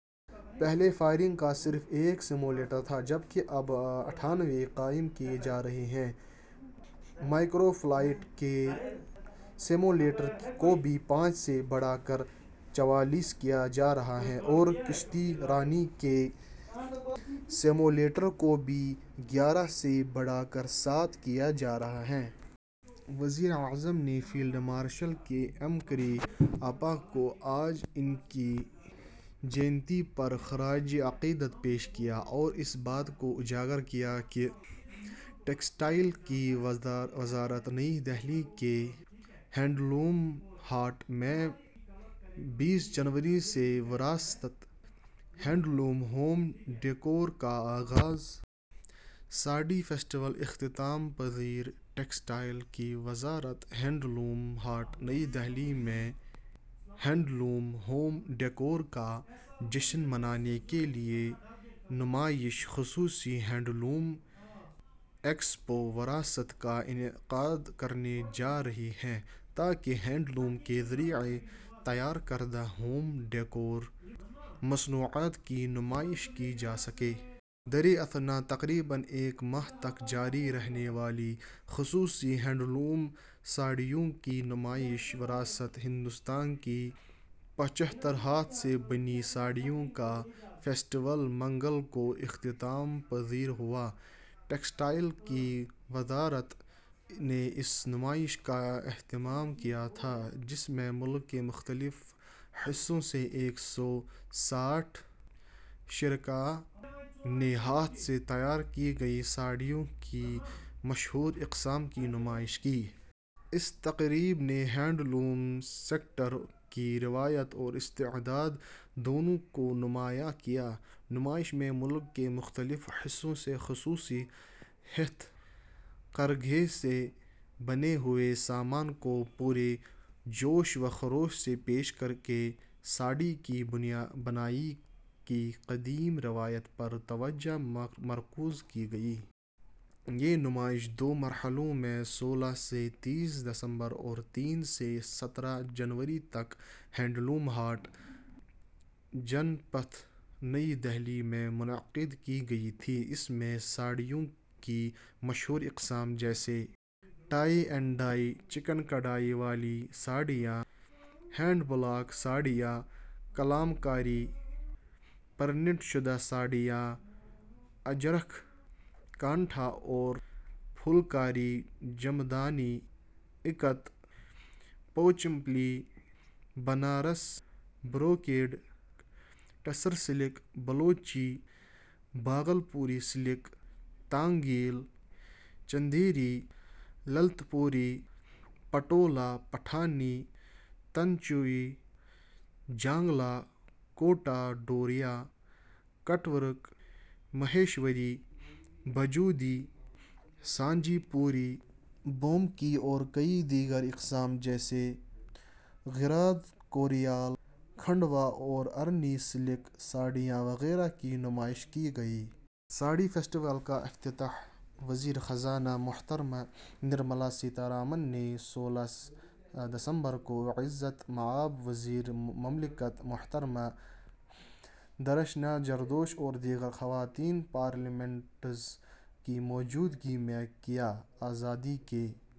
پہلے فائرنگ کا صرف ایک سیمولیٹر تھا، جب کہ اب اٹھانوے قائم کیے جا رہے ہیں۔ مائیکرو فلائٹ کے سیمولیٹر کو بھی پانچ سے بڑھا کر چوالیس کیا جا رہا ہے اور کشتی رانی کے سیمولیٹر کو بھی گیارہ سے بڑھا کر ساٹھ کیا جا رہا ہے۔ وزیر اعظم نے field marshal K M Cariappa کو آج ان کی جینتی پر خراجِ عقیدت پیش کیا اور اس بات کو اجاگر کیا کہ۔ ٹیکسٹائل کی وزارت نئی دہلی کے ہینڈلوم ہاٹ میں بیس جنوری سے ''وراست'' ہینڈلوم ہوم ڈیکور کا آغاز۔ ساڑی فیسٹیول اختتام پذیر۔ ٹیکسٹائل کی وزارت ہینڈلوم ہاٹ، نئی دہلی میں ہینڈلوم ہوم ڈیکور کا جشن منانے کے لیے نمائش، خصوصی ہینڈلوم ایکسپو ''وراست'' کا انعقاد کرنے جا رہی ہے، تاکہ ہینڈلوم کے ذریعے تیار کردہ ہوم ڈیکور مصنوعات کی نمائش کی جا سکے۔ دریں اثنا، تقریباً ایک ماہ تک جاری رہنے والی خصوصی ہینڈلوم ساڑیوں کی نمائش ''وراست''، ہندوستان کی پچہتر ہاتھ سے بنی ساڑیوں کا فیسٹیول، منگل کو اختتام پذیر ہوا۔ ٹیکسٹائل کی وزارت نے اس نمائش کا اہتمام کیا تھا، جس میں ملک کے مختلف حصوں سے ایک سو ساٹھ شرکاء نے ہاتھ سے تیار کی گئی ساڑیوں کی مشہور اقسام کی نمائش کی۔ اس تقریب نے ہینڈلوم سیکٹر کی روایت اور استعداد، دونوں کو نمایاں کیا۔ نمائش میں ملک کے مختلف حصوں سے خصوصی ہتھ کرگھے سے بنے ہوئے سامان کو پورے جوش و خروش سے پیش کرکے ساڑی کی بنائی کی قدیم روایت پر توجہ مرکوز کی گئی۔ یہ نمائش دو مرحلوں میں سولہ سے تیس دسمبر اور تین سے سترہ جنوری تک ہینڈلوم ہاٹ، جن پتھ، نئی دہلی میں منعقد کی گئی تھی۔ اس میں ساڑیوں کی مشہور اقسام، جیسے ٹائی اینڈ ڈائی، چکن کڑھائی والی ساڑیاں، ہینڈ بلاک ساڑیاں، کلام کاری پرنٹ شدہ ساڑیاں، اجرکھ، کانٹھا اور Phulkari, Jamdani, Ikat, Pochampally, Banaras brocade, Tussar silk, Baluchi, Bhagalpuri silk, Tangail, Chanderi, Lalitpuri, Patola, Paithani, Tanchoi, Jangla, Kota Doria, cut work, Maheshwari, Bhujodi, Sanjhipuri, Bomkai اور کئی دیگر اقسام، جیسے گراد کوریال، کھنڈوا اور ارنی سلک ساڑیاں وغیرہ کی نمائش کی گئی۔ ساڑی فیسٹیول کا افتتاح وزیر خزانہ محترمہ نرملا سیتا رمن نے سولہ دسمبر کو عزت مآب وزیر مملکت محترمہ درشنا جردوش اور دیگر خواتین پارلیمنٹیرینز کی موجودگی میں کیا۔ آزادی کے